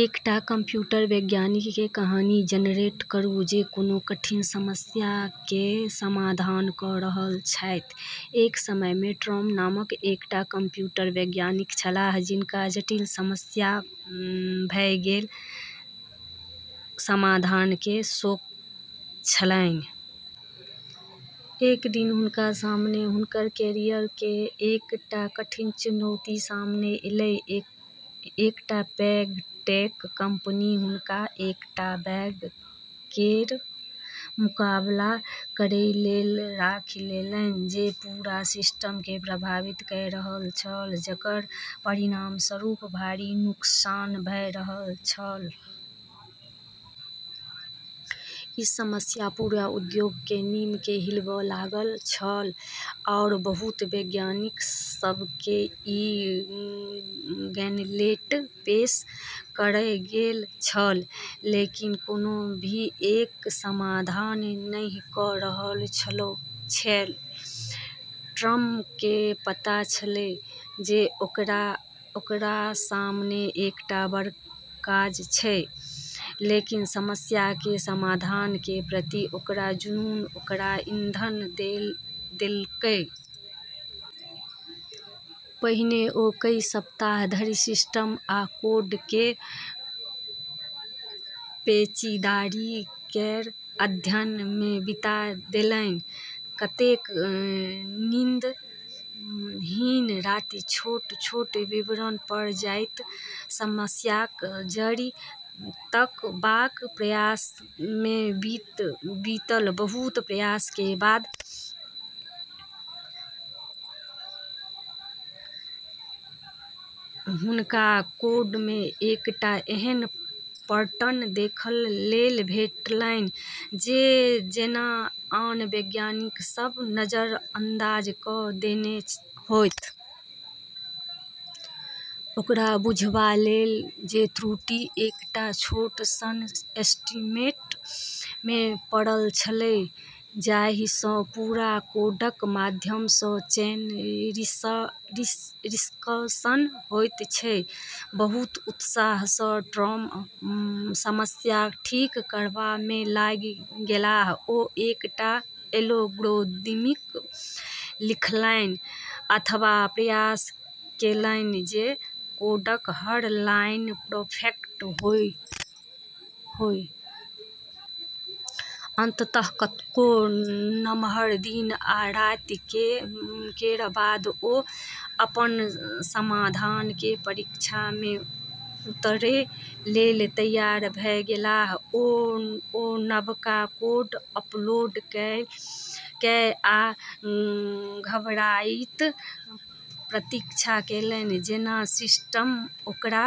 एकटा कंप्यूटर वैज्ञानिक केर कहानी जेनरेट करू जे कोनो कठिन समस्या केर समाधान कऽ रहल छैथ। एक समय मे टॉम नामक एकटा कंप्यूटर वैज्ञानिक छलाह, जिनका जटिल समस्या सभ केर समाधान केर शौक छलन्हि। एक दिन हुनका सामने हुनकर कैरियर केर एकटा कठिन चुनौती सामने एलै। एकटा पैघ टेक कंपनी हुनका एकटा बग केर मुकाबला करै लेल राखि लेलक जे पूरा सिस्टम केँ प्रभावित कऽ रहल छल, जेकर परिणामस्वरूप भारी नुकसान भऽ रहल छल। ई समस्या पूरा उद्योग केर नींव केँ हिलाबै लागल छलै, आरू बहुत वैज्ञानिक सभ केँ ई गॉन्टलेट पेश कएल गेल छलै लेकिन कोनो भी एकर समाधान नहि कऽ सकल छलै। टॉम केँ पता छलै जे ओकरा सामने एकटा बड़ काज छै, लेकिन समस्या केर समाधान केर प्रति ओकर जुनून ओकरा ईंधन देलकै। पहिने ओ कई सप्ताह धरि सिस्टम आ कोड केर पेचीदगी केर अध्ययन मे बिता देलथि। कतेको नींदहीन राति छोट-छोट विवरण पर जाइत, समस्याक जड़ि तकबाक प्रयास मे बीतल। बहुत प्रयास केर बाद हुनका कोड मे एकटा एहन पैटर्न देखै लेल भेटलन्हि जे जेना आन वैज्ञानिक सभ नजरअंदाज कऽ देने होथि। ओकरा बुझायल जे त्रुटि एकटा छोट सन सेगमेंट मे पड़ैत छैक, जाहि सँ पूरा कोडक माध्यम सँ चेन रिएक्शन होइत छैक। बहुत उत्साह सँ टॉम समस्या ठीक करबा मे लागि गेलाह। ओ एकटा नव एल्गोरिदम लिखलन्हि, अथक प्रयास केलन्हि जे कोडक हर लाइन परफेक्ट होअए। अंततः कतेको नमहर दिन आ राति केर बाद ओ अपन समाधान केँ परीक्षा मे उतारै लेल तैयार भऽ गेलाह। ओ नवका कोड अपलोड केलक आ घबराइत प्रतीक्षा केलक जेना सिस्टम ओकरा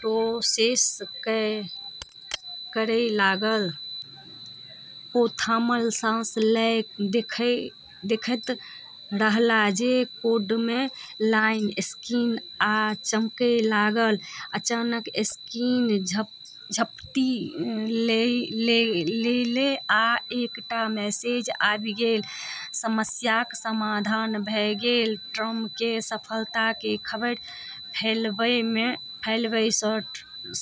प्रोसेस करै लागल। ओ थामल साँस लऽ कऽ देखैत रहलाह जे कोडक लाइन स्क्रीन पर चमकै लागल। अचानक स्क्रीन झपकि गेलै आ एकटा मैसेज आबि गेलै समस्याक समाधान भऽ गेलै! टॉम केर सफलता केर खबर फैलबै सँ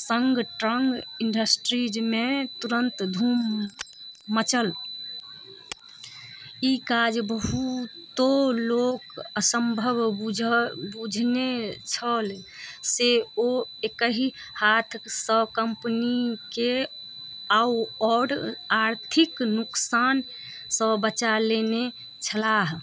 संग टेक इंडस्ट्री मे तुरंत धूम मचल। जे काज बहुतो लोक असंभव बुझने छल से ओ एकहि हाथ सँ कंपनी केँ आओर आर्थिक नुकसान सँ बचा लेने छलाह।